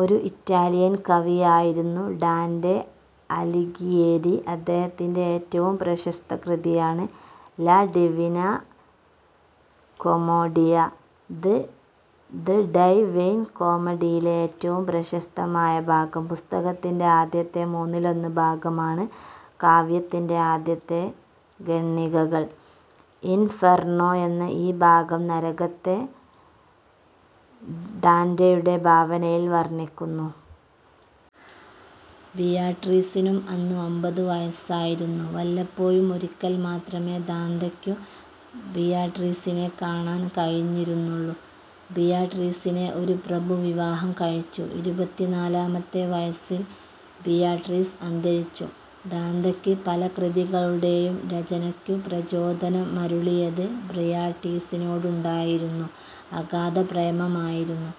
ഒരു ഇറ്റാലിയൻ കവിയായിരുന്നു ഡാന്റെ അലിഘിയേരി. അദ്ദേഹത്തിന്റെ ഏറ്റവും പ്രശസ്ത കൃതിയാണ് ലാ ഡിവിനാ കൊമേഡിയ. ദ് ഡൈവൈൻ കോമഡിയിലെ ഏറ്റവും പ്രശസ്തമായ ഭാഗം പുസ്തകത്തിന്റെ ആദ്യത്തെ മൂന്നിലൊന്ന് ഭാഗമാണ് കാവ്യത്തിന്റെ ആദ്യത്തെ ഖണ്ഡികകൾ. ഇൻഫെർണ്ണോ എന്ന ഈ ഭാഗം നരകത്തെ ഡാന്റെയുടെ ഭാവനയിൽ വർണ്ണിക്കുന്നു. ബിയാട്രീസിനും അന്ന് ഒമ്പതുവയസ്സായിരുന്നു. വല്ലപ്പോഴും ഒരിക്കൽ മാത്രമേ ദാന്തെയ്ക്കു ബിയാട്രീസിനെ കാണാൻ കഴിഞ്ഞിരുന്നുള്ളൂ. ബിയാട്രീസിനെ ഒരു പ്രഭു വിവാഹം കഴിച്ചു. ഇരുപത്തിനാലാമത്തെ വയസ്സിൽ ബിയാട്രീസ് അന്തരിച്ചു. ദാന്തെയ്ക്ക് പല കൃതികളുടെയും രചനയ്ക്കു പ്രചോദമനമരുളിയത് ബിയാട്രീസിനോടുണ്ടായിരുന്നു അഗാധ പ്രേമമായിരുന്നു.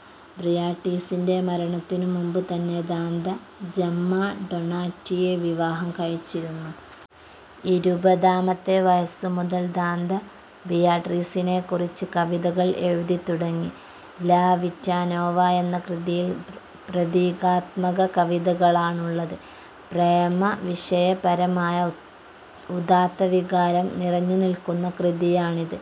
ബിയാട്രീസിന്റെ മരണത്തിനു മുമ്പുതന്നെ ദാന്തെ ജെമ്മാ ഡൊണാറ്റിയെ വിവാഹം കഴിച്ചിരുന്നു. ഇരുപതാമത്തെ വയസ്സുമുതൽ ദാന്തെ ബിയാട്രീസിനെക്കുറിച്ച് കവിതകൾ എഴുതിത്തുടങ്ങി. ലാ വിറ്റാ നോവ എന്ന കൃതിയിൽ പ്രതീകാത്മക കവിതകളാണുള്ളത്. പ്രേമവിഷയപരമായ ഉദാത്തവികാരം നിറഞ്ഞുനില്ക്കുന്ന കൃതിയാണിത്.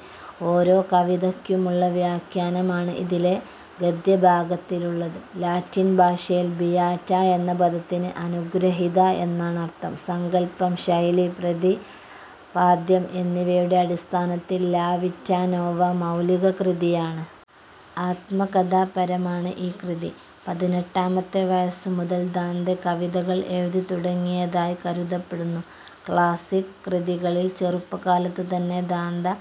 ഓരോ കവിതയ്ക്കുമുള്ള വ്യാഖ്യാനമാണ് ഇതിലെ ഗദ്യഭാഗത്തിലുള്ളത്. ലാറ്റിൻ ഭാഷയിൽ 'ബിയാറ്റ' എന്ന പദത്തിന് 'അനുഗൃഹിത' എന്നാണർഥം. സങ്കല്പം, ശൈലി, പ്രതിപാദ്യം എന്നിവയുടെ അടിസ്ഥാനത്തിൽ ലാ വിറ്റാ നോവ മൗലിക കൃതിയാണ്. ആത്മകഥാപരമാണ് ഈ കൃതി. പതിനെട്ടാമത്തെ വയസ്സു മുതൽ ദാന്തെ കവിതകൾ എഴുതിത്തുടങ്ങിയതായി കരുതപ്പെടുന്നു. ക്ലാസ്സിക് കൃതികളിൽ ചെറുപ്പകാലത്തുതന്നെ ദാന്തെ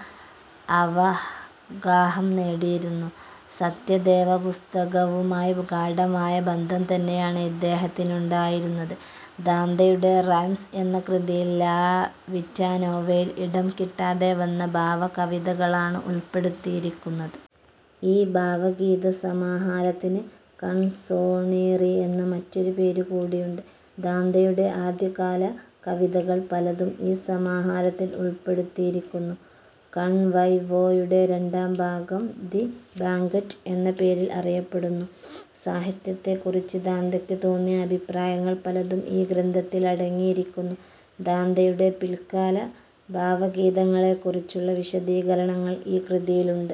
അവഗാഹം നേടിയിരുന്നു. 'സത്യവേദപുസ്തക'വുമായി ഗാഢമായ ബന്ധംതന്നെയാണ് ഇദ്ദേഹത്തിനുണ്ടായിരുന്നത്. ദാന്തെയുടെ റൈംസ് എന്ന കൃതിയിൽ ലാ വിറ്റാ നോവയിൽ ഇടം കിട്ടാതെവന്ന ഭാവ കവിതകളാണ് ഉൾ പ്പെടുത്തിയിരിക്കുന്നത്. ഈ ഭാവഗീതസമാഹാരത്തിന് കൺസോണീറി എന്ന മറ്റൊരു പേരുകൂടിയുണ്ട്. ദാന്തെയുടെ ആദ്യകാല കവിതകൾ പലതും ഈ സമാഹാരത്തിൽ ഉൾ പ്പെടുത്തിയിരിക്കുന്നു. കൺവൈവ്യോ യുടെ രണ്ടാംഭാഗം ദ് ബാങ്ക്വറ്റ് എന്ന പേരിൽ അറിയപ്പെടുന്നു. സാഹിത്യത്തെക്കുറിച്ച് ദാന്തെയ്ക്കു തോന്നിയ അഭിപ്രായങ്ങൾ പലതും ഈ ഗ്രന്ഥത്തിൽ അടങ്ങിയിരിക്കുന്നു. ദാന്തെയുടെ പില്ക്കാല ഭാവഗീതങ്ങളെക്കുറിച്ചുള്ള വിശദീകരണങ്ങൾ ഈ കൃതിയിലുണ്ട്.